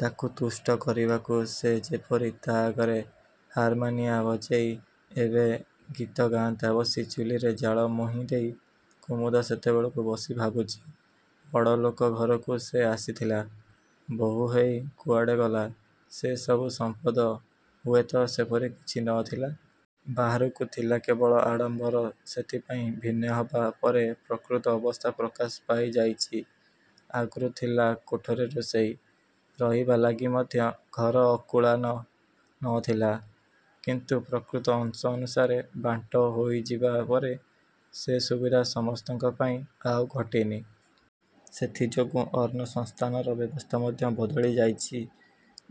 ତାକୁ ତୁଷ୍ଟ କରିବାକୁ ସେ ଯେପରି ତା ଆଗରେ ହାରମାନିଆ ବଜେଇ ଏବେ ଗୀତ ଗାଆନ୍ତା ବସି ଚୁଲିରେ ଜାଳ ମୋହିଁଦେଇ କୁମୁଦ ସେତେବେଳକୁ ବସି ଭାବୁଚି–ବଡ଼ଲୋକ ଘରକୁ ସେ ଆଇଥିଲା ବୋହୂହେଇ... କୁଆଡ଼େ ଗଲା ସେ ସବୁ ସଂପଦ... ହୁଏ ତ ସେପରି କିଛି ନ ଥିଲା... ବାହାରକୁ ଥିଲା କେବଳ ଆଡ଼ମ୍ବର ସେଥିପାଇଁ ଭିନେହବା ପରେ ପ୍ରକୃତ ଅବସ୍ଥା ପ୍ରକାଶ ପାଇଯାଇଚି। ଆଗରୁ ଥିଲା କୋଠରେ ରୋଷେଇ... ରହିବା ଲାଗି ମଧ୍ୟ ଘର ଅକୁଳାନ ନ ଥିଲା; କିନ୍ତୁ ପ୍ରକୃତ ଅଂଶ ଅନୁସାରେ ବାଣ୍ଟ ହୋଇଯିବା ପରେ ସେ ସୁବିଧା ସମସ୍ତଙ୍କ ପାଇଁ ଆଉ ଘଟିନି। ସେଥିଯୋଗୁ ଅନ୍ନସଂସ୍ଥାନର ବ୍ୟବସ୍ଥା ମଧ୍ୟ ବଦଳି ଯାଇଚି।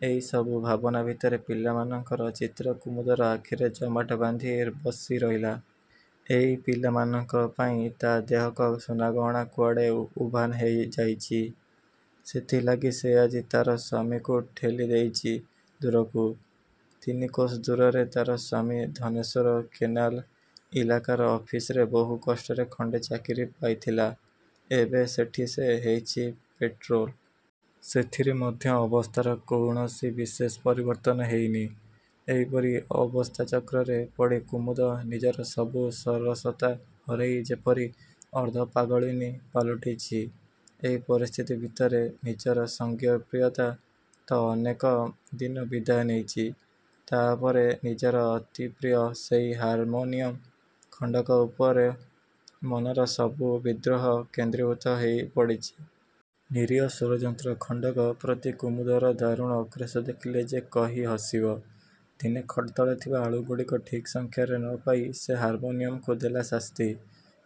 ଏଇସବୁ ଭାବନା ଭିତରେ ପିଲାମାନଙ୍କର ଚିତ୍ର କୁମୁଦର ଆଖିରେ ଜମାଟ ବାନ୍ଧି ବସିରହିଲା। ଏଇ ପିଲାମାନଙ୍କ ପାଇଁ ତାର ଦେହକ ସୁନାଗହଣା କୁଆଡ଼େ ଉଭାନ୍ ହୋଇଯାଇଚି-। ସେଥିଲାଗି ସେ ଆଜି ତାର ସ୍ଵାମୀକୁ ଠେଲିଦେଇଚି ଦୂରକୁ। ତିନିକୋଶ ଦୂରରେ ତାର ସ୍ଵାମୀ ଧନେଶ୍ଵର କେନାଲ ଇଲାକାର ଅଫିସରେ ବହୁ କଷ୍ଟରେ ଖଣ୍ଡେ ଚାକରି ପାଇଥିଲା–ଏବେ ସେଠି ସେ ହେଇଚି ପେଟ୍ରୋଲ୍। ସେଥିରେ ମଧ୍ୟ ଅବସ୍ଥାର କୌଣସି ବିଶେଷ ପରିବର୍ତ୍ତନ ହେଇନି-। ଏହିପରି ଅବସ୍ଥାଚକ୍ରରେ ପଡ଼ି କୁମୁଦ ନିଜର ସବୁ ସରସତା ହରେଇ ଯେପରି ଅର୍ଦ୍ଧପାଗଳିନୀ ପାଲଟିଛି। ଏଇ ପରିସ୍ଥିତି ଭିତରେ ନିଜର ସଙ୍ଗୀତପ୍ରିୟତା ତ ଅନେକ ଦିନୁ ବିଦାୟ ନେଇଚି, ତା ପରେ ନିଜର ଅତି ପ୍ରିୟ ସେଇ ହାରମୋନିୟମ ଖଣ୍ଡକ ଉପରେ ମନର ସବୁ ବିଦ୍ରୋହ କେନ୍ଦ୍ରୀଭୂତ ହେଇ ପଡ଼ିଚି। ନିରୀହ ସ୍ଵରଯନ୍ତ୍ର ଖଣ୍ଡକ ପ୍ରତି କୁମୁଦର ଦାରୁଣ ଆକ୍ରୋଶ ଦେଖିଲେ ଯେ କେହି ହସିବ। ଦିନେ ଖଟତଳେ ଥିବା ଆଳୁଗୁଡ଼ିକ ଠିକ୍ ସଂଖ୍ୟାରେ ନ ପାଇ ସେ ହାରମୋନିୟମକୁ ଦେଲା ଶାସ୍ତି।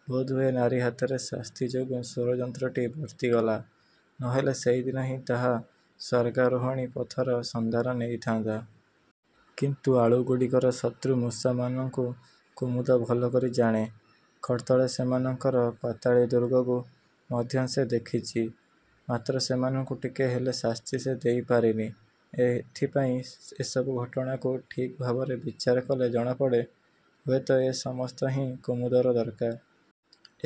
ବୋଧହୁଏ ନାରୀ ହାତରେ ଶାସ୍ତି ଯୋଗୁଁ ସ୍ଵରଯନ୍ତ୍ରଟି ବର୍ତ୍ତିଗଲା, ନ ହେଲେ ସେହିଦିନ ହିଁ ତାହା ସ୍ଵର୍ଗାରୋହଣୀ ପଥର ସନ୍ଧାନ ନେଇଥାନ୍ତା। କିନ୍ତୁ ଆଳୁଗୁଡ଼ିକର ଶତ୍ରୁ ମୂଷାମାନଙ୍କୁ କୁମୁଦ ଭଲ କରି ଜାଣେ; ଖଟତଳେ ସେମାନଙ୍କର ପାତାଳୀ ଦୁର୍ଗକୁ ମଧ୍ୟ ସେ ଦେଖିଚି। ମାତ୍ର ସେମାନଙ୍କୁ ଟିକେ ହେଲେ ଶାସ୍ତି ସେ ଦେଇ ପାରିନି। ଏଥିପାଇଁ ଏସବୁ ଘଟଣାକୁ ଠିକ୍ ଭାବରେ ବିଚାର କଲେ ଜଣାପଡ଼େ, ହୁଏ ତ ଏ ସମସ୍ତ ହିଁ କୁମୁଦର ଦରକାର।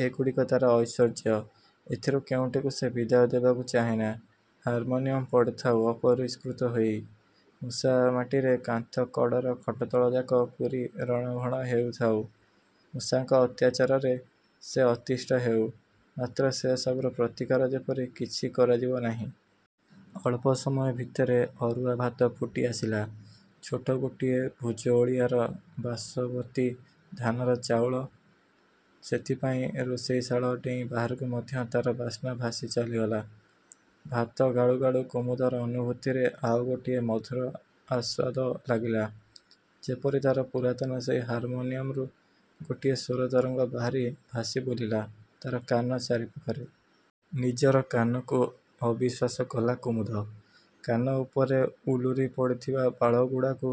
ଏଗୁଡ଼ିକ ତାର ଐଶ୍ୱର୍ଯ୍ୟ। ଏଥିରୁ କେଉଁଟିକୁ ସେ ବିଦାୟ ଦେବାକୁ ଚାହେଁନା। ହାରମୋନିୟମ ପଡ଼ିଥାଉ ଅପରିଷ୍କୃତ ହେଇ, ମୂଷାମାଟିରେ କାନ୍ଥ କଡ଼ର ଖଟତଳଯାକ ପୂରି ରଣଭଣ ହେଉଥାଉ, ମୂଷାଙ୍କ ଅତ୍ୟାଚାରରେ ସେ ଅତିଷ୍ଠ ହେଉ, ମାତ୍ର ସେ ସବୁର ପ୍ରତିକାର ଯେପରି କିଛି କରାଯିବ ନାହିଁ। ଅଳ୍ପ ସମୟ ଭିତରେ ଅରୁଆ ଭାତ ଫୁଟି ଆସିଲା। ଛୋଟ ଗୋଟିଏ ଭୂଜଓଳିଆର ବାସବତୀ ଧାନର ଚାଉଳ। ସେଥିପାଇଁ ରୋଷେଇଶାଳ ଡେଇଁ ବାହାରକୁ ମଧ୍ୟ ତାର ବାସ୍ନା ଭାସି ଚାଲିଗଲା। ଭାତ ଗାଳୁଗାଳୁ କୁମୁଦର ଅନୁଭୂତିରେ ଆଉ ଗୋଟିଏ ମଧୁର ଆସ୍ୱାଦ ଲାଗିଲା। ଯେପରି ତାର ପୁରାତନ ସେଇ ହାରମୋନିୟମରୁ ଗୋଟିଏ ସ୍ଵର ତରଙ୍ଗ ବାହାରି ଭାସିବୁଲିଲା ତାର କାନ ଚାରିପାଖରେ। ନିଜର କାନକୁ ଅବିଶ୍ୱାସ କଲା କୁମୁଦ। କାନ ଉପରେ ଉଲୁରି ପଡ଼ିଥିବା ବାଳଗୁଡ଼ାକୁ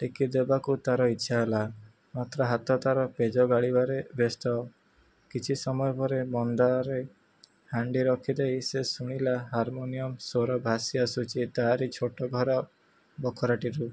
ଟେକିଦେବାକୁ ତାର ଇଚ୍ଛାହେଲା। ମାତ୍ର ହାତ ତାର ପେଜ ଗାଳିବାରେ ବ୍ୟସ୍ତ। କିଛି ସମୟପରେ ମନ୍ଦାରେ ହାଣ୍ଡି ରଖିଦେଇ ସେ ଶୁଣିଲା, ହାରମୋନିୟମ ସ୍ଵର ଭାସି ଆସୁଚି ତାରି ଛୋଟ ଘର ବଖରାଟିରୁ।